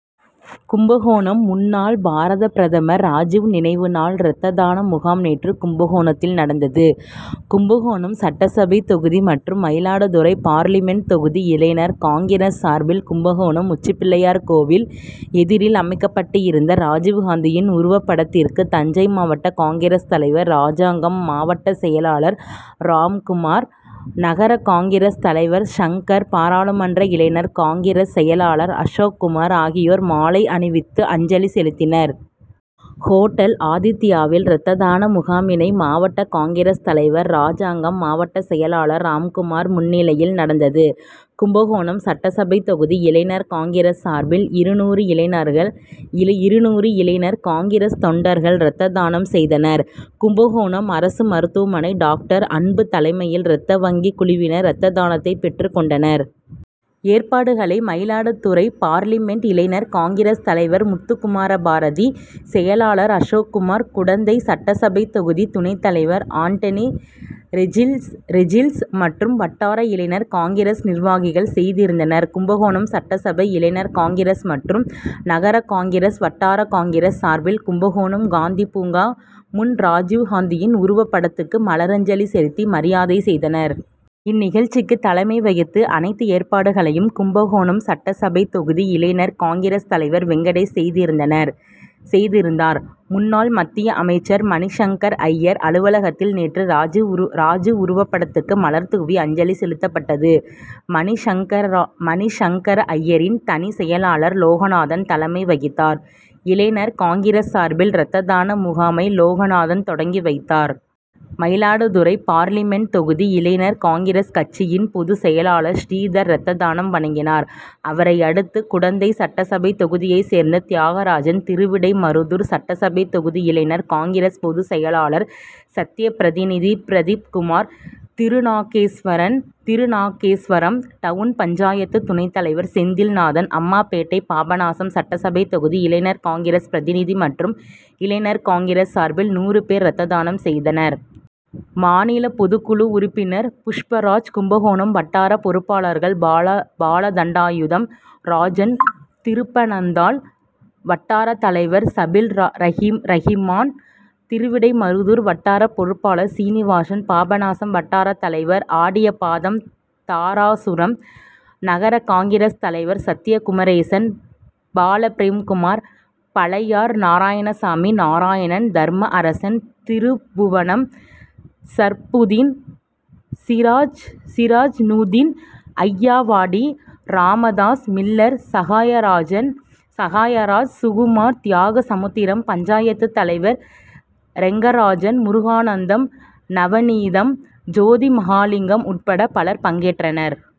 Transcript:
கும்பகோணம் முன்னாள் பாரத பிரதமர் ராஜீவ் நினைவு நாள் ரத்ததான முகாம் நேற்று கும்பகோணத்தில் நடந்தது. கும்பகோணம் சட்டசபை தொகுதி மற்றும் மயிலாடுதுறை பார்லிமென்ட் தொகுதி இளைஞர் காங்கிரஸ் சார்பில் கும்பகோணம் உச்சிப்பிள்ளையார் கோவில் எதிரில் அமைக்கப்பட்டிருந்த ராஜீவ்காந்தியின் உருவப்படத்திற்கு தஞ்சை மாவட்ட காங்கிரஸ் தலைவர் ராஜாங்கம் மாவட்ட செயலாளர் ராம்குமார் நகர காங்கிரஸ் தலைவர் சங்கர் பாராளுமன்ற இளைஞர் காங்கிரஸ் செயலாளர் அசோக்குமார் ஆகியோர் மாலை அணிவித்து அஞ்சலி செலுத்தினர். ஹோட்டல் ஆதித்தியாவில் ரத்ததான முகாமினை மாவட்ட காங்கிரஸ் தலைவர் ராஜாங்கம் மாவட்டச் செயலாளர் ராம்குமார் முன்னிலையில் நடந்தது. கும்பகோணம் சட்டசபை தொகுதி இளைஞர் காங்கிரஸ் சார்பில் இருநூறு இளைஞர் காங்கிரஸ் தொண்டர்கள் ரத்ததானம் செய்தனர். கும்பகோணம் அரசு மருத்துவமனை டாக்டர் அன்பு தலைமையில் ரத்த வங்கி குழுவினர் ரத்ததானத்தை பெற்றுக்கொண்டனர். ஏற்பாடுகளை மயிலாடுதுறை பார்லிமென்ட் இளைஞர் காங்கிரஸ் தலைவர் முத்துக்குமரபாரதி செயலாளர் அசோக்குமார் குடந்தை சட்டசபை தொகுதி துணைத்தலைவர் ஆண்டனி ரெஜின்ஸ் மற்றும் வட்டார இளைஞர் காங்கிரஸ் நிர்வாகிகள் செய்திருந்தனர். கும்பகோணம் சட்டசபை இளைஞர் காங்கிரஸ் மற்றும் நகர காங்கிரஸ் வட்டார காங்கிரஸ் சார்பில் கும்பகோணம் காந்தி பூங்கா முன் ராஜீவ்காந்தியின் உருவபடத்துக்கு மலரஞ்சலி செலுத்தி மரியாதை செய்தனர். இந்நிகழ்ச்சிக்கு தலைமை வகித்து அனைத்து ஏற்பாடுகளையும் கும்பகோணம் சட்டசபை தொகுதி இளைஞர் காங்கிரஸ் தலைவர் வெங்கடேஷ் செய்திருந்தார். முன்னாள் மத்திய அமைச்சர் மணிசங்கர்அய்யர் அலுவலகத்தில் நேற்று ராஜீவ் உருவபடத்துக்கு மலர்தூவி அஞ்சலி செலுத்தப்பட்டது. மணிசங்கரய்யரின் தனிச் செயலாளர் லோகநாதன் தலைமை வகித்தார். இளைஞர் காங்கிரஸ் சார்பில் ரத்ததான முகாமை லோகநாதன் தொடங்கி வைத்தார். மயிலாடுதுறை பார்லிமென்ட் தொகுதி இளைஞர் காங்கிரஸ் கட்சியின் பொதுச்செயலாளர் ஸ்ரீதர் ரத்ததானம் வழங்கினார். அவரையடுத்து குடந்தை சட்டசபை தொகுதியைச் சேர்ந்த தியாகராஜன் திருவிடைமருதூர் சட்டசபை தொகுதி இளைஞர் காங்கிரஸ் பொதுச்செயலாளர் சத்யா பிரதிநிதி பிரதீப்குமார் திருநாகேஸ்வரம் டவுன் பஞ்சாயத்து துணைத்தலைவர் செந்தில்நாதன் அம்மாபேட்டை பாபநாசம் சட்டசபை தொகுதி இளைஞர் காங்கிரஸ் பிரதிநிதி மற்றும் இளைஞர் காங்கிரஸ் சார்பில் நூறு பேர் ரத்ததானம் செய்தனர். மாநில பொதுக்குழு உறுப்பினர் புஷ்பராஜ் கும்பகோணம் வட்டார பொறுப்பாளர்கள் பாலதண்டாயுதம் ராஜன் திருப்பனந்தாள் வட்டாரத் தலைவர் சபீல்ரஹீமான் திருவிடைமருதூர் வட்டார பொறுப்பாளர் சீனிவாசன் பாபநாசம் வட்டாரத்தலைவர் ஆடியபாதம் தாராசுரம் நகர காங்கிரஸ் தலைவர் சத்யா குமரேசன் பாலபிரேம்குமார் பழையார் நாராயணசாமி நாராயணன் தர்மஅரசன் திருபுவனம் சர்புதீன் சிராஜஞுதீன் அய்யாவாடி ராமதாஸ் மில்லர் சகாயராஜ் சுகுமார் தியாகசமுத்திரம் பஞ்சாயத்து தலைவர் ரெங்கராஜன் முருகானந்தம் நவநீதம் ஜோதிமகாலிங்கம் உட்பட பலர் பங்கேற்றனர்.